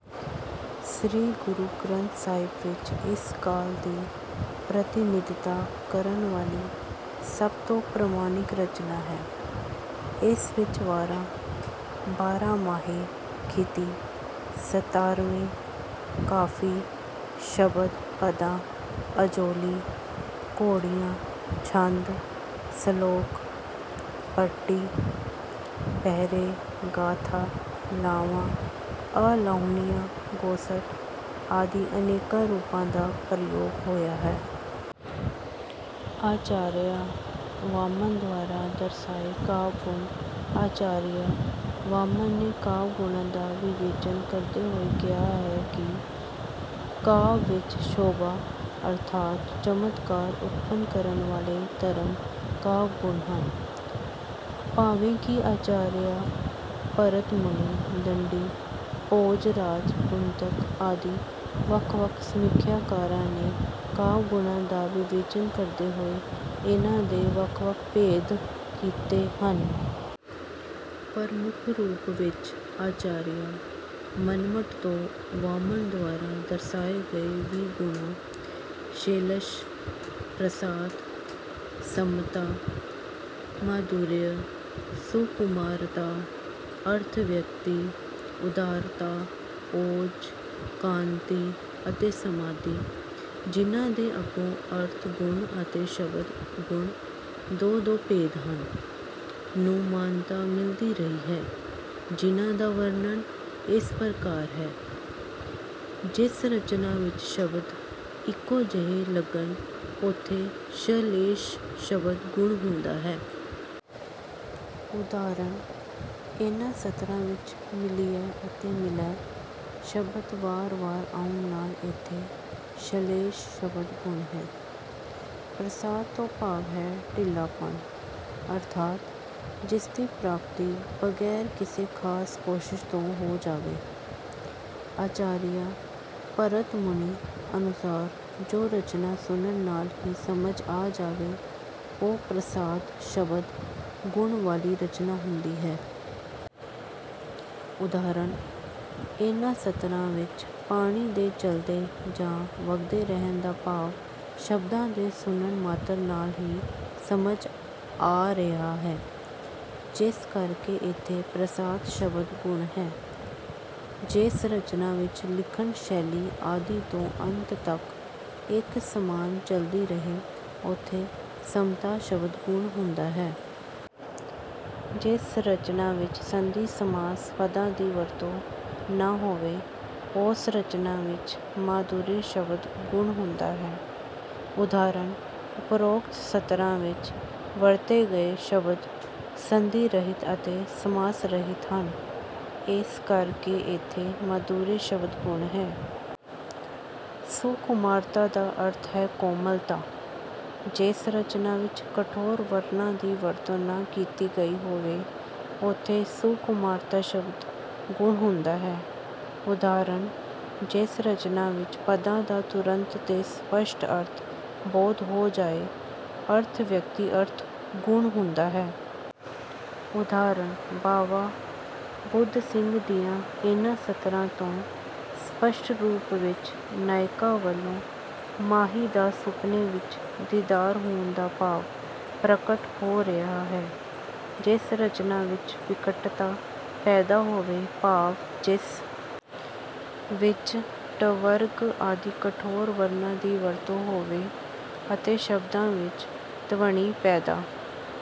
ਸ੍ਰੀ ਗੁਰੂ ਗ੍ਰੰਥ ਸਾਹਿਬ ਵਿੱਚ ਇਸ ਕਾਲ ਦੀ ਪ੍ਰਤੀਨਿਧਤਾ ਕਰਨ ਵਾਲੀ ਸਭ ਤੋਂ ਪ੍ਰਮਾਣਿਕ ਰਚਨਾ ਹੈ। ਇਸ ਵਿੱਚ ਵਾਰਾਂ, ਬਾਰਾਮਾਹੇ, ਖਿਤੀ, ਸਤਾਰਵੇ, ਕਾਫੀ, ਸ਼ਬੱਦ, ਪਦਾਂ, ਅਜੋਲੀ, ਘੋੜੀਆਂ, ਛੰਦ, ਸਲੋਕ, ਪਟੀ, ਪਹਿਰੇ, ਗਾਥਾ, ਲਾਵਾਂ, ਅਲਾਹੁਣੀਆਂ, ਗੋਸਟ ਆਦਿ ਅਨੇਕਾਂ ਰੂਪਾਂ ਦਾ ਪ੍ਰਯੋਗ ਹੋਇਆ ਹੈ। ਆਚਾਰੀਆ ਵਾਮਨ ਦੁਆਰਾ ਦਰਸਾਏ ਕਾਵਿ-ਗੁਣ ਆਚਾਰੀਆ ਵਾਮਨ ਨੇ ਕਾਵਿ-ਗੁਣਾਂ ਦਾ ਵਿਵੇਚਨ ਕਰਦੇ ਹੋਏ ਕਿਹਾ ਹੈ ਕਿ ਕਾਵਿ ਵਿੱਚ ਸ਼ੋਭਾ ਅਰਥਾਤ ਚਮਤਕਾਰ ਉਤਪੰਨ ਕਰਨ ਵਾਲੇ ਧਰਮ ਕਾਵਿ-ਗੁਣ ਹਨ। ਭਾਵੇਂ ਕਿ ਆਚਾਰੀਆ ਭਰਤ ਮੁਨੀ, ਦੰਡੀ, ਭੋਜ ਰਾਜ, ਕੁੰਤਕ ਆਦਿ ਵੱਖ-ਵੱਖ ਸਮੀਖਿਆਕਾਰਾਂ ਨੇ ਕਾਵਿ-ਗੁਣਾਂ ਦਾ ਵਿਵਚੇਨ ਕਰਦੇ ਹੋਏ ਇਨ੍ਹਾਂ ਦੇ ਵੱਖ-ਵੱਖ ਭੇਦ ਕੀਤੇ ਹਨ। ਪਰ ਮੁੱਖ ਰੂਪ ਵਿੱਚ ਆਚਾਰੀਆ ਮੰਮਟ ਤੋਂ ਵਾਮਨ ਦੁਆਰਾ ਦਰਸਾਏ ਗਏ ਵੀਹ ਗੁਣਾਂ- ਸ਼ੇਲਸ਼, ਪ੍ਰਸਾਦ, ਸਮਤਾ, ਮਾਧੁਰਯ, ਸੁਕੁਮਾਰਤਾ, ਅਰਥ-ਵਿਅਕਤੀ, ਉਦਾਰਤਾ, ਓਜ, ਕਾਂਤੀ ਅਤੇ ਸਮਾਧੀ, ਜਿਨ੍ਹਾਂ ਦੇ ਅੱਗੋਂ ਅਰਥ ਗੁਣ ਅਤੇ ਸ਼ਬਦ ਗੁਣ ਦੋ-ਦੋ ਭੇਦ ਹਨ, ਨੂੰ ਮਾਨਤਾ ਮਿਲਦੀ ਰਹੀ ਹੈ, ਜਿਨ੍ਹਾਂ ਦਾ ਵਰਣਨ ਇਸ ਪ੍ਰਕਾਰ ਹੈ— ਜਿਸ ਰਚਨਾ ਵਿੱਚ ਸ਼ਬਦ ਇੱਕੋ ਜਿਹੇ ਲੱਗਣ, ਉਥੇ ਸ਼ਲੇਸ਼ ਸ਼ਬਦ ਗੁਣ ਹੁੰਦਾ ਹੈ। ਉਦਾਹਰਣ- ਇਨ੍ਹਾਂ ਸਤਰਾਂ ਵਿੱਚ 'ਮਿਲਿਐ' ਅਤੇ 'ਮਿਲੈ' ਸ਼ਬਦ ਵਾਰ-ਵਾਰ ਆਉਣ ਨਾਲ ਇਥੇ ਸ਼ਲੇਸ਼ ਸ਼ਬਦ ਗੁਣ ਹੈ। ਪ੍ਰਸਾਦ ਤੋਂ ਭਾਵ ਹੈ ਢਿੱਲਾਪਣ ਅਰਥਾਤ ਜਿਸ ਦੀ ਪ੍ਰਾਪਤੀ ਬਗ਼ੈਰ ਕਿਸੇ ਖਾਸ ਕੋਸ਼ਿਸ਼ ਤੋਂ ਹੋ ਜਾਵੇ। ਆਚਾਰੀਆ ਭਰਤ ਮੁਨੀ ਅਨੁਸਾਰ ਜੋ ਰਚਨਾ ਸੁਣਨ ਨਾਲ ਹੀ ਸਮਝ ਆ ਜਾਵੇ ਉਹ ਪ੍ਰਸਾਦ ਸ਼ਬਦ ਗੁਣ ਵਾਲੀ ਰਚਨਾ ਹੁੰਦੀ ਹੈ। ਉਦਾਹਰਣ- ਇਨ੍ਹਾਂ ਸਤਰਾਂ ਵਿੱਚ ਪਾਣੀ ਦੇ ਚਲਦੇ ਜਾਂ ਵਗਦੇ ਰਹਿਣ ਦਾ ਭਾਵ ਸ਼ਬਦਾਂ ਦੇ ਸੁਣਨ ਮਾਤ੍ਰ ਨਾਲ ਹੀ ਸਮਝ ਆ ਰਿਹਾ ਹੈ, ਜਿਸ ਕਰਕੇ ਇਥੇ ਪ੍ਰਸਾਦ ਸ਼ਬਦ ਗੁਣ ਹੈ। ਜਿਸ ਰਚਨਾ ਵਿੱਚ ਲਿਖਣ ਸ਼ੈਲੀ ਆਦਿ ਤੋਂ ਅੰਤ ਤੱਕ ਇੱਕ ਸਮਾਨ ਚਲਦੀ ਰਹੇ ਉਥੇ ਸਮਤਾ ਸ਼ਬਦ ਗੁਣ ਹੁੰਦਾ ਹੈ। ਜਿਸ ਰਚਨਾ ਵਿੱਚ ਸੰਧੀ-ਸਮਾਸ ਪਦਾਂ ਦੀ ਵਰਤੋਂ ਨਾ ਹੋਵੇ ਉਸ ਰਚਨਾ ਵਿੱਚ ਮਾਧੁਰਯ ਸ਼ਬਦ ਗੁਣ ਹੁੰਦਾ ਹੈ। ਉਦਾਹਰਣ- ਓਪਰੋਕਤ ਸਤਰਾਂ ਵਿੱਚ ਵਰਤੇ ਗਏ ਸ਼ਬਦ ਸੰਧੀ ਰਹਿਤ ਅਤੇ ਸਮਾਸ ਰਹਿਤ ਹਨ ਇਸ ਕਰਕੇ ਇਥੇ ਮਾਧੁਰਯ ਸ਼ਬਦ ਗੁਣ ਹੈ। ਸੁਕੁਮਾਰਤਾ ਦਾ ਅਰਥ ਹੈ ਕੋਮਲਤਾ। ਜਿਸ ਰਚਨਾ ਵਿੱਚ ਕਠੋਰ ਵਰਣਾਂ ਦੀ ਵਰਤੋਂ ਨਾ ਕੀਤੀ ਗਈ ਹੋਵੇ ਉਥੇ ਸੁਕੁਮਾਰਤਾ ਸ਼ਬਦ ਗੁਣ ਹੁੰਦਾ ਹੈ। ਉਦਾਹਰਣ- ਜਿਸ ਰਚਨਾ ਵਿੱਚ ਪਦਾਂ ਦਾ ਤੁਰੰਤ ਤੇ ਸਪਸ਼ਟ ਅਰਥ ਬੋਧ ਹੋ ਜਾਏ, ਅਰਥ-ਵਿਅਕਤੀ ਅਰਥ ਗੁਣ ਹੁੰਦਾ ਹੈ। ਉਦਾਹਰਣ- ਬਾਵਾ ਬੁੱਧ ਸਿੰਘ ਦੀਆਂ ਇਨ੍ਹਾਂ ਸਤਰਾਂ ਤੋਂ ਸਪਸ਼ਟ ਰੂਪ ਵਿੱਚ ਨਾਇਕਾ ਵੱਲੋਂ ਮਾਹੀ ਦਾ ਸੁਪਨੇ ਵਿੱਚ ਦੀਦਾਰ ਹੋਣ ਦਾ ਭਾਵ ਪ੍ਰਗਟ ਹੋ ਰਿਹਾ ਹੈ। ਜਿਸ ਰਚਨਾ ਵਿੱਚ ਵਿਕਟਤਾ ਪੈਦਾ ਹੋਵੇ, ਭਾਵ ਜਿਸ ਵਿੱਚ ਟਵਰਗ ਆਦਿ ਕਠੋਰ ਵਰਣਾਂ ਦੀ ਵਰਤੋਂ ਹੋਵੇ ਅਤੇ ਸ਼ਬਦਾਂ ਵਿੱਚ ਧ੍ਵਨੀ ਪੈਦਾ